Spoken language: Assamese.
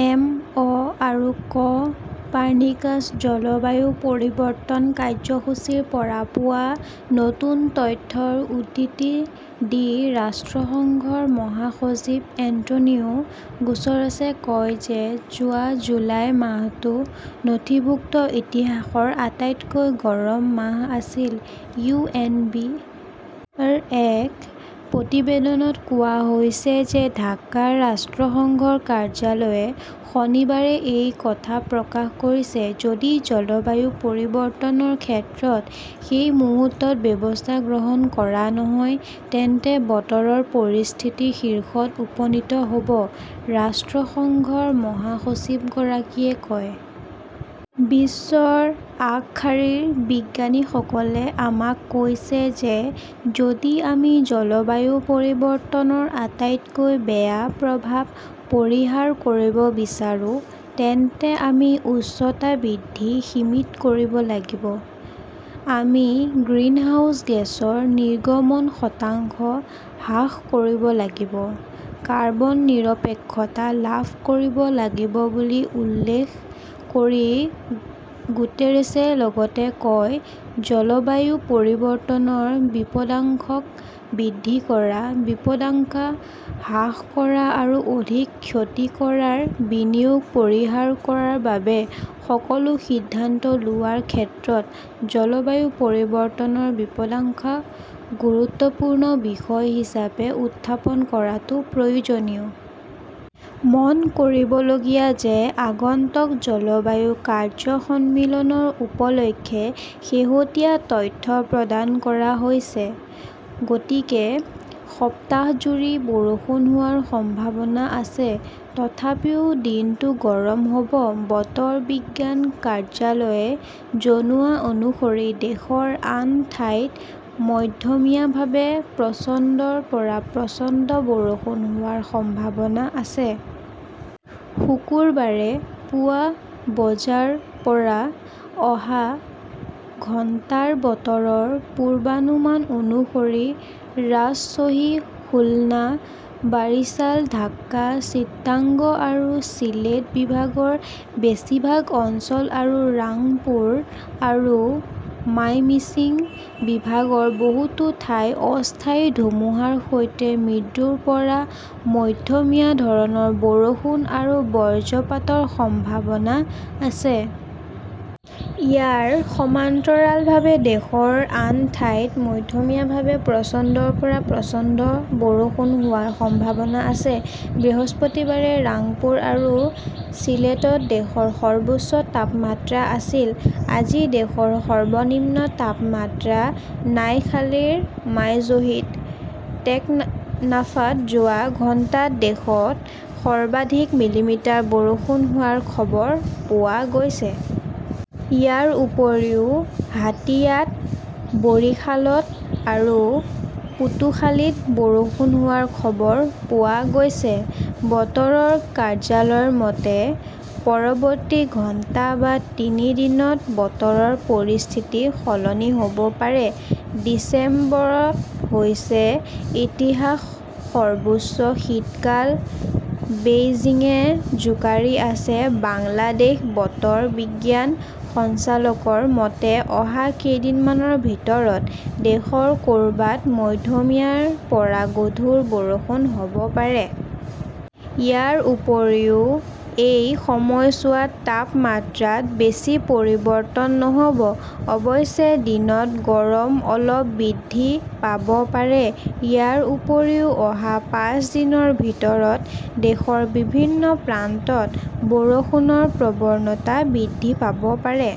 এম. অ '. আৰু ক' পাৰ্নিকাছ জলবায়ু পৰিৱৰ্তন কাৰ্যসূচীৰ পৰা পোৱা নতুন তথ্যৰ উদ্ধৃতি দি ৰাষ্ট্ৰসংঘৰ মহাসচিব এন্টোনিও গুটেৰেছে কয় যে যোৱা জুলাই মাহটো নথিভুক্ত ইতিহাসৰ আটাইতকৈ গৰম মাহ আছিল। ইউ. এন. বি. -ৰ এক প্ৰতিবেদনত কোৱা হৈছে যে ঢাকাৰ ৰাষ্ট্ৰসংঘৰ কাৰ্যালয়ে শনিবাৰে এই কথা প্ৰকাশ কৰিছে। "যদি জলবায়ু পৰিৱৰ্তনৰ ক্ষেত্ৰত এই মুহূৰ্তত ব্যৱস্থা গ্ৰহণ কৰা নহয় তেন্তে বতৰৰ পৰিস্থিতি শীৰ্ষত উপনীত হ'ব ", ৰাষ্ট্ৰসংঘৰ মহাসচিবগৰাকীয়ে কয়। বিশ্বৰ আগশাৰীৰ বিজ্ঞানীসকলে আমাক কৈছে যে যদি আমি জলবায়ু পৰিৱৰ্তনৰ আটাইতকৈ বেয়া প্ৰভাৱ পৰিহাৰ কৰিব বিচাৰো তেন্তে আমি উচ্চতা বৃদ্ধি সীমিত কৰিব লাগিব। আমি গ্ৰিনহাউজ গেছৰ নিৰ্গমন শতাংশ হ্ৰাস কৰিব লাগিব। " কাৰ্বন নিৰপেক্ষতা লাভ কৰিব লাগিব বুলি উল্লেখ কৰি গুইটেৰেছে লগতে কয়", জলবায়ু পৰিৱৰ্তনৰ বিপদাশংক বৃদ্ধি কৰা, বিপদাশংক হ্ৰাস কৰা আৰু অধিক ক্ষতি কৰা বিনিয়োগ পৰিহাৰ কৰাৰ বাবে সকলো সিদ্ধান্ত লোৱাৰ ক্ষেত্ৰত জলবায়ু পৰিৱৰ্তনৰ বিপদাংশা গুৰুত্বপূৰ্ণ বিষয় হিচাপে উত্থাপন কৰাটো প্ৰয়োজনীয়। "মন কৰিবলগীয়া যে আগন্তুক জলবায়ু কাৰ্য্য সন্মিলনৰ উপলক্ষে শেহতীয়া তথ্য প্ৰদান কৰা হৈছে। গতিকে সপ্তাহজুৰি বৰষুণ হোৱাৰ সম্ভাৱনা আছে তথাপিও দিনটোত গৰম হ'ব। বতৰ বিজ্ঞান কাৰ্যালয়ে জনোৱা অনুসৰি দেশৰ আন ঠাইত মধ্যমীয়াভাৱে প্ৰচণ্ডৰ পৰা প্ৰচণ্ড বৰষুণ হোৱাৰ সম্ভাৱনা আছে। শুকুৰবাৰে পুৱা বজাৰ পৰা অহা ঘণ্টাৰ বতৰৰ পূৰ্বানুমান অনুসৰি ৰাজশ্বাহী, খুলনা, বাৰিছাল, ঢাকা, চিটাগং আৰু চিলেট বিভাগৰ বেছিভাগ অঞ্চল আৰু ৰাংপুৰ আৰু মাইমিংছিং বিভাগৰ বহুতো ঠাইত অস্থায়ী ধুমুহাৰ সৈতে মৃদুৰ পৰা মধ্যমীয়া ধৰণৰ বৰষুণ আৰু বজ্ৰপাতৰ সম্ভাৱনা আছে। ইয়াৰ সমান্তৰালভাৱে দেশৰ আন ঠাইত মধ্যমীয়াভাৱে প্ৰচণ্ডৰ পৰা প্ৰচণ্ড বৰষুণ হোৱাৰ সম্ভাৱনা আছে। বৃহস্পতিবাৰে ৰাংপুৰ আৰু চিলেটত দেশৰ সৰ্বোচ্চ তাপমাত্ৰা আছিল। আজি দেশৰ সৰ্বনিম্ন তাপমাত্ৰা নাইখালীৰ মাইজহীদ। টেকনাফত যোৱা ঘণ্টাত দেশত সৰ্বাধিক মিলিমিটাৰ বৰষুণ হোৱাৰ খবৰ পোৱা গৈছে। ইয়াৰ উপৰিও হাতিয়াত, বৰিশালত আৰু পটুখালীত বৰষুণ হোৱাৰ খবৰ পোৱা গৈছে। বতৰৰ কাৰ্যালয়ৰ মতে, পৰৱৰ্তী ঘণ্টা বা তিনি দিনত বতৰৰ পৰিস্থিতি সলনি হ'ব পাৰে। ডিচেম্বৰ হৈছে ইতিহাসৰ সৰ্বোচ্চ শীতকাল, বেইজিঙে জোকাৰি আছে বাংলাদেশ বতৰ বিজ্ঞান সঞ্চালকলৰ মতে, অহা কেইদিনমানৰ ভিতৰত দেশৰ ক'ৰবাত মধ্যমীয়াৰ পৰা গধুৰ বৰষুণ হ'ব পাৰে। ইয়াৰ উপৰিও এই সময়ছোৱাত তাপমাত্ৰাত বেছি পৰিৱৰ্তন নহ'ব। অৱশ্যে, দিনত গৰম অলপ বৃদ্ধি পাব পাৰে। ইয়াৰ উপৰিও, অহা পাঁচ দিনৰ ভিতৰত দেশৰ বিভিন্ন প্ৰান্তত বৰষুণৰ প্ৰৱণতা বৃদ্ধি পাব পাৰে।